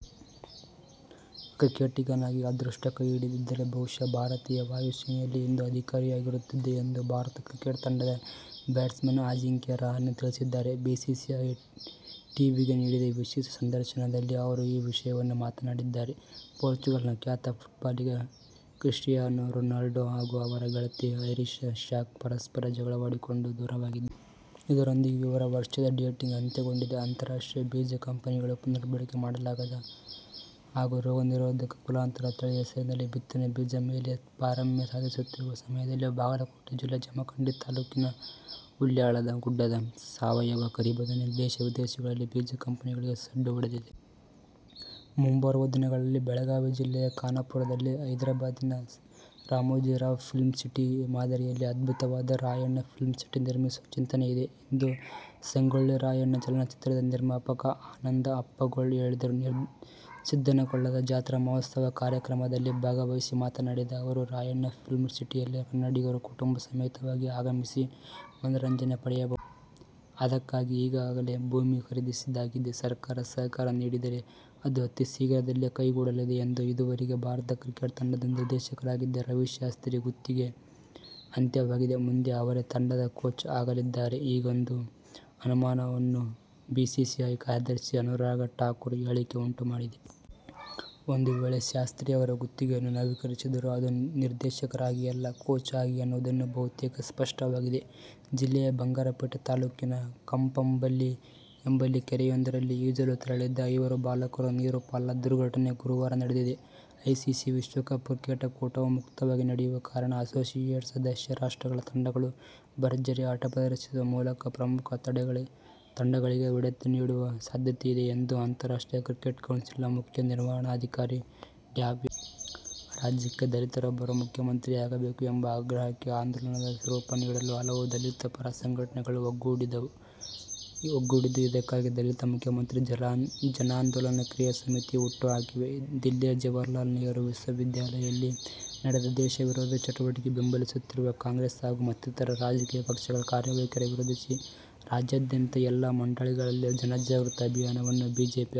ಕ್ರಿಕೆಟಿಗನಾಗಿ ಅದೃಷ್ಟ ಕೈ ಹಿಡಿಯದಿದ್ದರೆ ಬಹುಶಃ ಭಾರತೀಯ ವಾಯು ಸೇನೆಯಲ್ಲಿ ಇಂದು ಅಧಿಕಾರಿಯಾಗಿರುತ್ತಿದ್ದೆ ಎಂದು ಭಾರತ ಕ್ರಿಕೆಟ್ ತಂಡದ ಬ್ಯಾಟ್ಸ್ಮನ್ ಅಜಿಂಕ್ಯ ರಹಾನೆ ತಿಳಿಸಿದ್ದಾರೆ. ಬಿಸಿಸಿಐ ಟೀವಿಗೆ ನೀಡಿದ ವಿಶೇಷ ಸಂದರ್ಶನದಲ್ಲಿ ಅವರು ಈ ವಿಷಯವನ್ನು ಮಾತನಾಡಿದ್ದಾರೆ. ಪೋರ್ಚುಗಲ್ನ ಖ್ಯಾತ ಫುಟ್ಬಾಲಿಗ ಕ್ರಿಸ್ಟಿಯಾನೋ ರೊನಾಲ್ಡೊ ಹಾಗೂ ಅವರ ಗೆಳತಿ ಐರಿಶಾ ಶಾಕ್ ಪರಸ್ಪರ ಜಗಳವಾಡಿಕೊಂಡು ಇದರೊಂದಿಗೆ ಇವರ ವರ್ಷದ ಡೇಟಿಂಗ್ ಅಂತ್ಯಗೊಂಡಿದೆ. ಅಂತಾರಾಷ್ಟ್ರೀಯ ಬೀಜ ಕಂಪನಿಗಳು ಪುನರ್ಬಳಕೆ ಮಾಡಲಾಗದೇ ಹಾಗೂ ರೋಗನಿರೋಧಕ, ಕುಲಾಂತರಿ ತಳಿ ಹೆಸರಿನಲ್ಲಿ ಬಿತ್ತನೆ ಬೀಜಗಳ ಮೇಲೆ ಪಾರಮ್ಯ ಸಾಧಿಸುತ್ತಿರುವ ಸಮಯದಲ್ಲಿ ಬಾಗಲಕೋಟೆ ಜಿಲ್ಲೆ ಜಮಖಂಡಿ ತಾಲೂಕಿನ ಹುಲ್ಯಾಳದ ಗುಡ್ಡದ ಸಾವಯವ ಕರಿಬದನೆ ದೇಶ-ವಿದೇಶಗಳಲ್ಲಿ ಬೀಜ ಕಂಪನಿಗಳಿಗೆ ಸಡ್ಡು ಹೊಡೆದಿದೆ. ಮುಂಬರುವ ದಿನಗಳಲ್ಲಿ ಬೆಳಗಾವಿ ಜಿಲ್ಲೆಯ ಖಾನಾಪುರದಲ್ಲಿ ಹೈದರಾಬಾದಿನ ರಾಮೋಜಿರಾವ್ ಫಿಲ್ಮ್ಸಿಟಿ ಮಾದರಿಯಲ್ಲಿ ಅತ್ಯದ್ಭುತವಾದ "ರಾಯಣ್ಣ ಫಿಲ್ಮ್ಸಿಟಿ' ನಿರ್ಮಿಸುವ ಚಿಂತನೆಯಿದೆ ಎಂದು ಸಂಗೊಳ್ಳಿ ರಾಯಣ್ಣ ಚಲನಚಿತ್ರದ ನಿರ್ಮಾಪಕ ಆನಂದ ಅಪ್ಪಗೋಳ ಹೇಳಿದರು. ಸಿದ್ಧನಕೊಳ್ಳದ ಜಾತ್ರಾ ಮಹೋತ್ಸವ ಕಾರ್ಯಕ್ರಮದಲ್ಲಿ ಭಾಗವಹಿಸಿ ಮಾತನಾಡಿದ ಅವರು, ರಾಯಣ್ಣ ಫಿಲ್ಮ್ ಸಿಟಿಯಲ್ಲಿ ಕನ್ನಡಿಗರು ಕುಟುಂಬ ಸಮೇತರಾಗಿ ಆಗಮಿಸಿ ಮನರಂಜನೆ ಪಡೆಯಬಹುದು. ಅದಕ್ಕಾಗಿ ಈಗಾಗಲೇ ಭೂಮಿ ಖರೀದಿಸಿದ್ದಾಗಿದೆ. ಸರ್ಕಾರ ಸಹಕಾರ ನೀಡಿದರೆ ಅದು ಅತೀ ಶೀಘ್ರದಲ್ಲೇ ಕೈಗೂಡಲಿದೆ ಎಂದರು. ಇದುವರೆಗೆ ಭಾರತ ಕ್ರಿಕೆಟ್ ತಂಡದ ನಿರ್ದೇಶಕರಾಗಿದ್ದ ರವಿಶಾಸ್ತ್ರಿ ಗುತ್ತಿಗೆ ಅಂತ್ಯವಾಗಿದೆ. ಮುಂದೆ ಅವರೇ ತಂಡದ ಕೋಚ್ ಆಗಲಿದ್ದಾರಾ? ಹೀಗೊಂದು ಅನುಮಾನವನ್ನು ಬಿಸಿಸಿಐ ಕಾರ್ಯದರ್ಶಿ ಅನುರಾಗ್ ಠಾಕೂರ್ ಹೇಳಿಕೆ ಉಂಟು ಮಾಡಿದೆ. ಒಂದು ವೇಳೆ ಶಾಸ್ತ್ರಿಯವರ ಗುತ್ತಿಗೆಯನ್ನು ನವೀಕರಿಸಿದರೂ ಅದು ನಿರ್ದೇಶಕರಾಗಿಯಲ್ಲ, ಕೋಚ್ ಆಗಿ ಎನ್ನುವುದು ಬಹುತೇಕ ಸ್ಪಷ್ಟವಾಗಿದೆ. ಜಿಲ್ಲೆಯ ಬಂಗಾರಪೇಟೆ ತಾಲೂಕಿನಕಂಬಪಲ್ಲಿ ಎಂಬಲ್ಲಿ ಕೆರೆಯೊಂದರಲ್ಲಿ ಈಜಲು ತೆರಳಿದ್ದ ಐವರು ಬಾಲಕರು ನೀರು ಪಾಲಾದ ದುರ್ಘಟನೆ ಗುರುವಾರ ನಡೆದಿದೆ. ಐಸಿಸಿ ವಿಶ್ವ ಕಪ್ ಕ್ರಿಕೆಟ್ ಕೂಟವು ಮುಕ್ತವಾಗಿ ನಡೆಯುವ ಕಾರಣ ಅಸೋಸಿಯೇಟ್ ಸದಸ್ಯ ರಾಷ್ಟ್ರಗಳ ತಂಡಗಳು ಭರ್ಜರಿ ಆಟ ಪ್ರದರ್ಶಿಸುವ ಮೂಲಕ ಪ್ರಮುಖ ತಂಡಗಳಿಗೆ ಹೊಡೆತ ನೀಡುವ ಸಾಧ್ಯತೆಯಿದೆ ಎಂದು ಅಂತಾರಾಷ್ಟ್ರೀಯ ಕ್ರಿಕೆಟ್ ಕೌನ್ಸಿಲ್ ನ ಮುಖ್ಯ ಕಾರ್ಯನಿರ್ವಹಣಾಧಿಕಾರಿ ಡ್ಯಾವ್ ಹೇಳಿದ್ದಾರೆ. ರಾಜ್ಯಕ್ಕೆ ದಲಿತರೊಬ್ಬರು ಮುಖ್ಯಮಂತ್ರಿಯಾಗಬೇಕು ಎಂಬ ಆಗ್ರಹಕ್ಕೆ ಆಂದೋಲನದ ರೂಪ ನೀಡಲು ಹಲವು ದಲಿತ ಪರ ಸಂಘಟನೆಗಳು ಒಗ್ಗೂಡಿದ್ದು, ಇದಕ್ಕಾಗಿ ದಲಿತ ಮುಖ್ಯಮಂತ್ರಿ ಜನಾಂದೋಲನ ಕ್ರಿಯಾ ಸಮಿತಿಯನ್ನು ಹುಟ್ಟುಹಾಕಿವೆ. ದಿಲ್ಲಿಯ ಜವಾಹರಲಾಲ ನೆಹರು ವಿ. ವಿ. ಯಲ್ಲಿ ನಡೆದ ದೇಶವಿರೋಧಿ ಚಟುವಟಿಕೆ ಬೆಂಬಲಿಸುತ್ತಿರುವ ಕಾಂಗ್ರೆಸ್ ಹಾಗೂ ಮತ್ತಿತರ ರಾಜಕೀಯ ಪಕ್ಷಗಳ ಕಾರ್ಯವೈಖರಿ ವಿರೋಧಿಸಿ ರಾಜ್ಯಾದ್ಯಂತ ಜಿಲ್ಲಾ, ಮಂಡಲಗಳಲ್ಲಿ ಜನಜಾಗೃತಿ ಅಭಿಯಾನವನ್ನು ಬಿಜೆಪಿ ಆರಂಭಿಸಿದೆ.